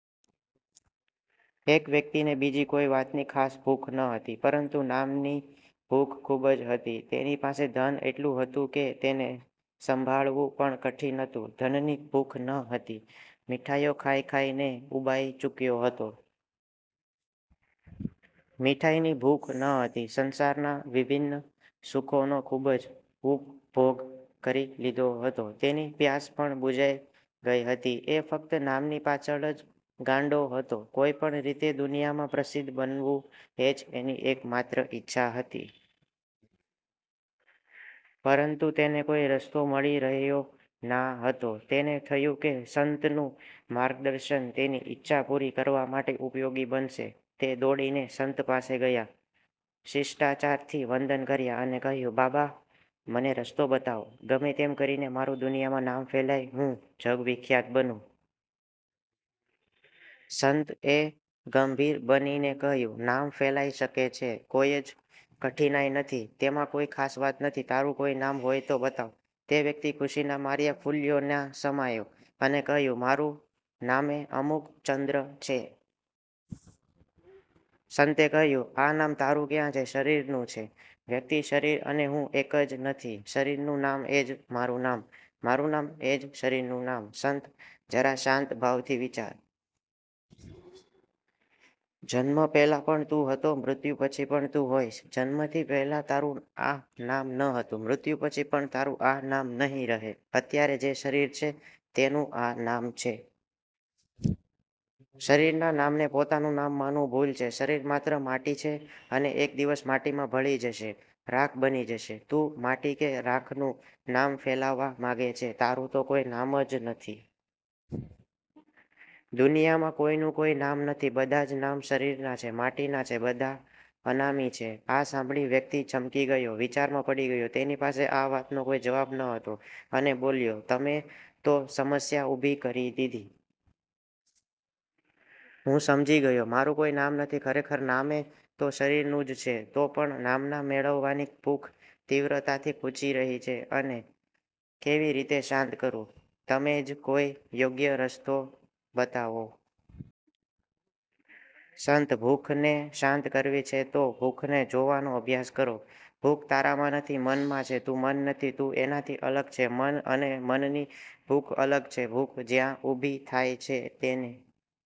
એક વ્યક્તિ ને બીજી કોઈ વાતની ખાસ ભૂખ ન હતી, પરંતુ નામ ની ભૂખ ખુબ જ હતી.તેની પાસે ધન એટલું હતું કે તેને સંભાળવુ પણ કઠિન હતું. ધનની ભૂખ ન હતી. મીઠાઈઓ ખાઇ ખાઇ ને ઉબાઈ ચુક્યો હતો. મીઠાઈ ની ભૂખ ન હતી. સંસારના વિભિન્ન સુખો નો ખુબ જ ઉપભોગ કરી લીધો હતો. તેની પ્યાસ પણ બુઝાઈ ગઈ હતી. એ ફક્ત નામની પાછળ જ ગાંડો હતો. કોઈપણ રીતે દુનિયામાં પ્રસિદ્ધ બનવું એજ એની એક માત્ર ઈચ્છા હતી. પરંતુ તેને કોઈ રસ્તો મળી રહ્યો ના હતો. તેને થયું કે સંતનું માર્ગદર્શન તેની ઇચ્છા પુરી કરવા માટે ઉપયોગી બનશે. તે દોડીને સંત પાસે ગયા. શિષ્ટાચાર થી વંદન કર્યા અને કહ્યું, બાબા, મને રસ્તો બતાવો, ગમે-તેમ કરીને મારુ દુનિયામાં નામ ફેલાય, હું જગવિખ્યાત બનું. સંત એ ગંભીર બનીને કહ્યું, "નામ ફેલાઈ શકે છે. કોઈ જ કઠિનાઈ નથી. તેમાં કોઈ ખાસ વાત નથી. તારું કોઈ નામ હોય તો બતાવ. " તે વ્યક્તિ ખુશીના માર્યા ફૂલ્યો ના સમાયો, અને કહ્યું, મારુ નામે અમુકચંદ્ર છે. સંતે કહ્યું, "આ નામ તારું ક્યાં છે? શરીરનું છે. " વ્યક્તિ: "શરીર અને હું એક જ નથી? શરીર નું નામ એજ મારુ નામ. મારુ નામ એજ શરીરનું નામ! " સંત: "જરા શાંત ભાવથી વિચાર. જન્મ પહેલાં પણ તું હતો, મૃત્યુ પછી પણ તું હોઈશ. જન્મ થી પેહલા તારું આ નામ ન હતું. મૃત્યુ પછી પણ તારું આ નામ નહિ રહે અત્યારે જે શરીર છે તેનું આ નામ છે. શરીરના નામને પોતાનું નામ માનવું ભૂલ છે. શરીર માત્ર માટી છે, અને એક દિવસ માટી માં ભળી જશે! રાખ બની જશે. તું માટી કે રાખનું નામ ફેલાવવા માંગે છે. તારું તો કોઈ નામ જ નથી. દુનિયામાં કોઈનું કોઈ નામ નથી. બધાજ નામ શરીરના છે, માટીના છે. બધા અનામી છે! " આ સાંભળી વ્યક્તિ ચમકી ગયો, વિચારમાં પડી ગયો, તેની પાસે આ વાતનો કોઈ જવાબ ન હતો, અને બોલ્યો, "તમે તો સમસ્યા ઉભી કરી દીધી. હું સમજી ગયો, મારું કોઈ નામ નથી, ખરેખર નામે તો શરીર નુ જ છે! તો પણ નામના મેળવવાની ભૂખ તીવ્રતાથી ખૂંચી રહી છે. અને કેવી રીતે શાંત કરું? તમે જ કોઈ યોગ્ય રસ્તો બતાવો. " સંત: "ભૂખને શાંત કરવી છે તો ભૂખને જોવાનો અભ્યાસ કરો. ભૂખ તારામાં નથી – મન માં છે! તું મન નથી, તું એનાથી અલગ છે. મન અને મનની ભૂખ અલગ છે. ભૂખ જ્યાં ઉભી થાય છે તેને